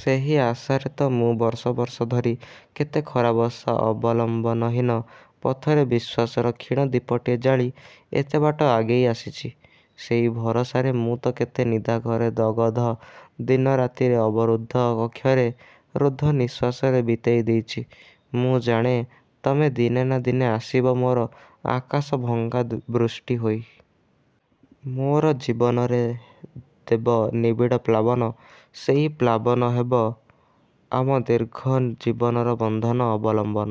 ସେହି ଆଶାରେ ତ ମୁଁ ବର୍ଷ ବର୍ଷ ଧରି, କେତେ ଖରାବର୍ଷା ଅବଲମ୍ବନହୀନ ପଥରେ, ବିଶ୍ୱାସର କ୍ଷୀଣ ଦୀପଟିଏ ଜାଳି ଏତେବାଟ ଆଗେଇ ଆସିଚି। ସେଇ ଭରସାରେ ମୁଁ ତ କେତେ ନିଦାଘରେ ଦଗଧ ଦିନରାତିରେ ଅବରୁଦ୍ଧ କକ୍ଷରେ, ରୁଦ୍ଧ ନିଃଶ୍ଵାସରେ ବିତେଇଦେଇଚି। ମୁଁ ଜାଣେ, ତମେ ଦିନେ ନାଁ ଦିନେ ଆସିବ ମୋର ଆକାଶ ଭଙ୍ଗା ବୃଷ୍ଟି ହୋଇ। ମୋ'ର ଜୀବନରେ ଦେବ ନିବିଡ଼ ପ୍ଲାବନ। ସେଇ ପ୍ଲାବନ ହେବ ଆମ ଦୀର୍ଘ ଜୀବନର ବନ୍ଧନ, ଅବଲମ୍ବନ।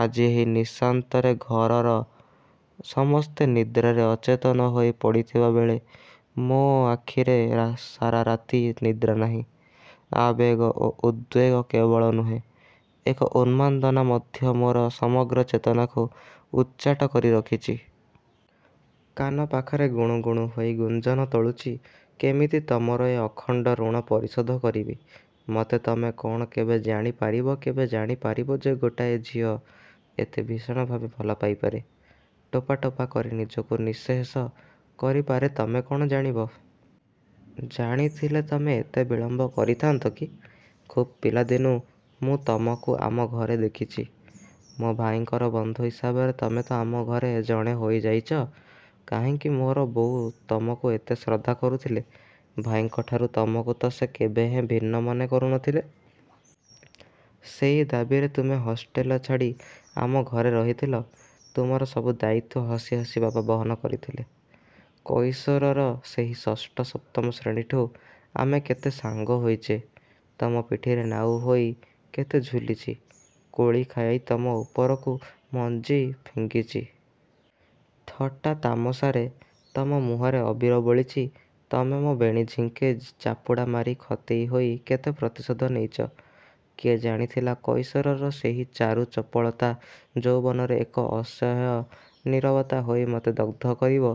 ଆଜି ଏହି ନିଶାନ୍ତରେ ଘରର ସମସ୍ତେ ନିଦ୍ରାରେ ଅଚେତନ ହୋଇ ପଡ଼ିଥିବାବେଳେ, ମୋ' ଆଖିରେ ସାରା ରାତି ନିଦ୍ରା ନାହିଁ। ଆବେଗ ଓ ଉଦ୍ବେଗ କେବଳ ନୁହେଁ, ଏକ ଉନ୍ମାଦନା ମଧ୍ୟ ମୋର ସମଗ୍ର ଚେତନାକୁ ଉଚ୍ଛାଟ କରି ରଖିଚି। କାନ ପାଖରେ ଗୁଣୁ ଗୁଣୁ ହୋଇ ଗୁଞ୍ଜନ ତୋଳୁଛି। କେମିତି ତମର ଏ ଅଖଣ୍ଡ ଋଣ ପରିଶୋଧ କରିବି। ମତେ ତମେ କ'ଣ କେବେ ଜାଣି ପାରିବ କେବେ ଜାଣିପାରିବ ଯେ ଗୋଟାଏ ଝିଅ ଏତେ ଭୀଷଣଭାବେ ଭଲ ପାଇପାରେ? ଟୋପା ଟୋପା କରି ନିଜକୁ ନିଃଶେଷ କରିପାରେ ତମେ କ'ଣ ଜାଣିବ? ଜାଣିଥିଲେ ତମେ ଏତେ ବିଳମ୍ବ କରିଥାନ୍ତ କି? ଖୁବ୍ ପିଲାଦିନୁ ମୁଁ ତମକୁ ଆମ ଘରେ ଦେଖିଚି। ମୋ ଭାଇଙ୍କର ବନ୍ଧୁ ହିସାବରେ ତମେ ତ ଆମଘରେ ଜଣେ ହୋଇ ଯାଇଚ। କାହିଁକି ମୋର ବୋଉ ତମକୁ ଏତେ ଶ୍ରଦ୍ଧା କରୁଥିଲେ? ଭାଇଙ୍କଠାରୁ ତମକୁ ତ ସେ କେବେହେଁ ଭିନ୍ନ ମନେ କରୁ ନ ଥିଲେ। ସେଇ ଦାବୀରେ ତୁମେ ହଷ୍ଟେଲ ଛାଡ଼ି ଆମଘରେ ରହିଥିଲ। ତୁମର ସବୁ ଦାୟିତ୍ୱ ହସି ହସି ବାପା ବହନ କରିଥିଲେ। କୈଶୋରର ସେହି ଷଷ୍ଠ, ସପ୍ତମ ଶ୍ରେଣୀଠୁ ଆମେ କେତେ ସାଙ୍ଗ ହୋଇଚେ। ତମ ପିଠିରେ ନାଉ ହୋଇ କେତେ ଝୁଲିଛି। କୋଳିଖାଇ ତମ ଉପରକୁ ମଞ୍ଜି ଫିଙ୍ଗିଛି। ଥଟ୍ଟା ତାମସାରେ ତମ ମୁହଁରେ ଅବିର ବୋଳିଛି। ତମେ ମୋ ବେଣୀ ଝିଙ୍କି ଚାପୁଡ଼ା ମାରି ଖତେଇ ହୋଇ କେତେ ପ୍ରତିଶୋଧ ନେଇଚ। କିଏ ଜାଣିଥିଲା, କୈଶୋରର ସେହି ଚାରୁ ଚପଳତା ଯୌବନରେ ଏକ ଅସହ୍ୟ ନୀରବତା ହୋଇ ମତେ ଦଗ୍ଧ କରିବ।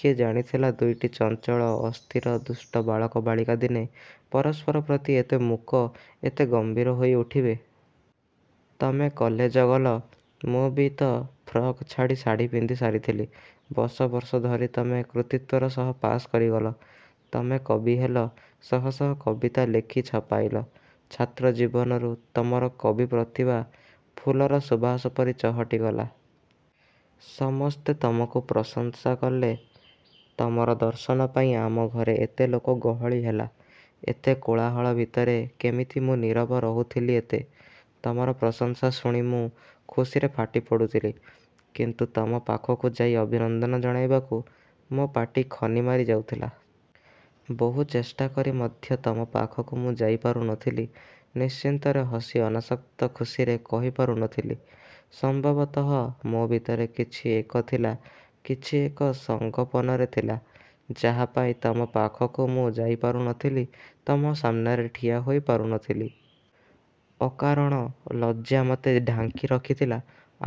କିଏ ଜାଣିଥିଲା ଦୁଇଟି ଚଞ୍ଚଳ, ଅସ୍ଥିର, ଦୁଷ୍ଟ ବାଳକ ବାଳିକା ଦିନେ ପରସ୍ପର ପ୍ରତି ଏତେ ମୂକ, ଏତେ ଗମ୍ଭୀର ହୋଇ ଉଠିବେ। ତମେ କଲେଜ ଗଲ। ମୁଁ ବି ତ ଫ୍ରକ୍ ଛାଡ଼ି ଶାଢ଼ିପିନ୍ଧି ସାରିଥିଲି। ବର୍ଷ ବର୍ଷ ଧରି ତମେ କୃତିତ୍ୱର ସହ ପାଶ୍ କରିଗଲ। ତମେ କବି ହେଲ। ଶହ ଶହ କବିତା ଲେଖି ଛପାଇଲ, ଛାତ୍ର ଜୀବନରୁ ତମର କବି ପ୍ରତିଭା ଫୁଲର ସୁବାସ ପରି ଚହଟି ଗଲା। ସମସ୍ତେ ତମକୁ ପ୍ରଶଂସା କଲେ। ତମର ଦର୍ଶନ ପାଇଁ, ଆମଘରେ ଏତେ ଲୋକ ଗହଳି ହେଲା। ଏତେ କୋଳାହଳ ଭିତରେ କେମିତି ମୁଁ ନୀରବ ରହୁଥିଲି ଏତେ? ତମର ପ୍ରଶଂସା ଶୁଣି ମୁଁ ଖୁସିରେ ଫାଟି ପଡ଼ୁଥିଲି, କିନ୍ତୁ ତମ ପାଖକୁ ଯାଇ ଅଭିନନ୍ଦନ ଜଣାଇବାକୁ ମୋ ପାଟି ଖନିମାରି ଯାଉଥିଲା। ବହୁ ଚେଷ୍ଟାକରି ମଧ୍ୟ ତମ ପାଖକୁ ମୁଁ ଯାଇପାରୁ ନ ଥିଲି, ନିଶ୍ଚିନ୍ତରେ ହସି ଅନାସକ୍ତ ଖୁସିରେ କହିପାରୁ ନ ଥିଲି। ସମ୍ଭବତଃ ମୋ ଭିତରେ କିଛି ଏକ ଥିଲା, କିଛି ଏକ ସଂଗୋପନରେ ଥିଲା, ଯାହାପାଇଁ ତମ ପାଖକୁ ମୁଁ ଯାଇପାରୁ ନ ଥିଲି। ତମ ସାମ୍ନାରେ ଠିଆ ହୋଇ ପାରୁ ନ ଥିଲି। ଅକାରଣ ଲଜ୍ଜା ମତେ ଢାଙ୍କି ରଖିଥିଲା,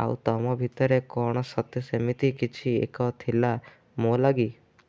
ଆଉ ତମ ଭିତରେ କ'ଣ ସତେ ସେମିତି କିଛି ଏକ ଥିଲା ମୋ ଲାଗି?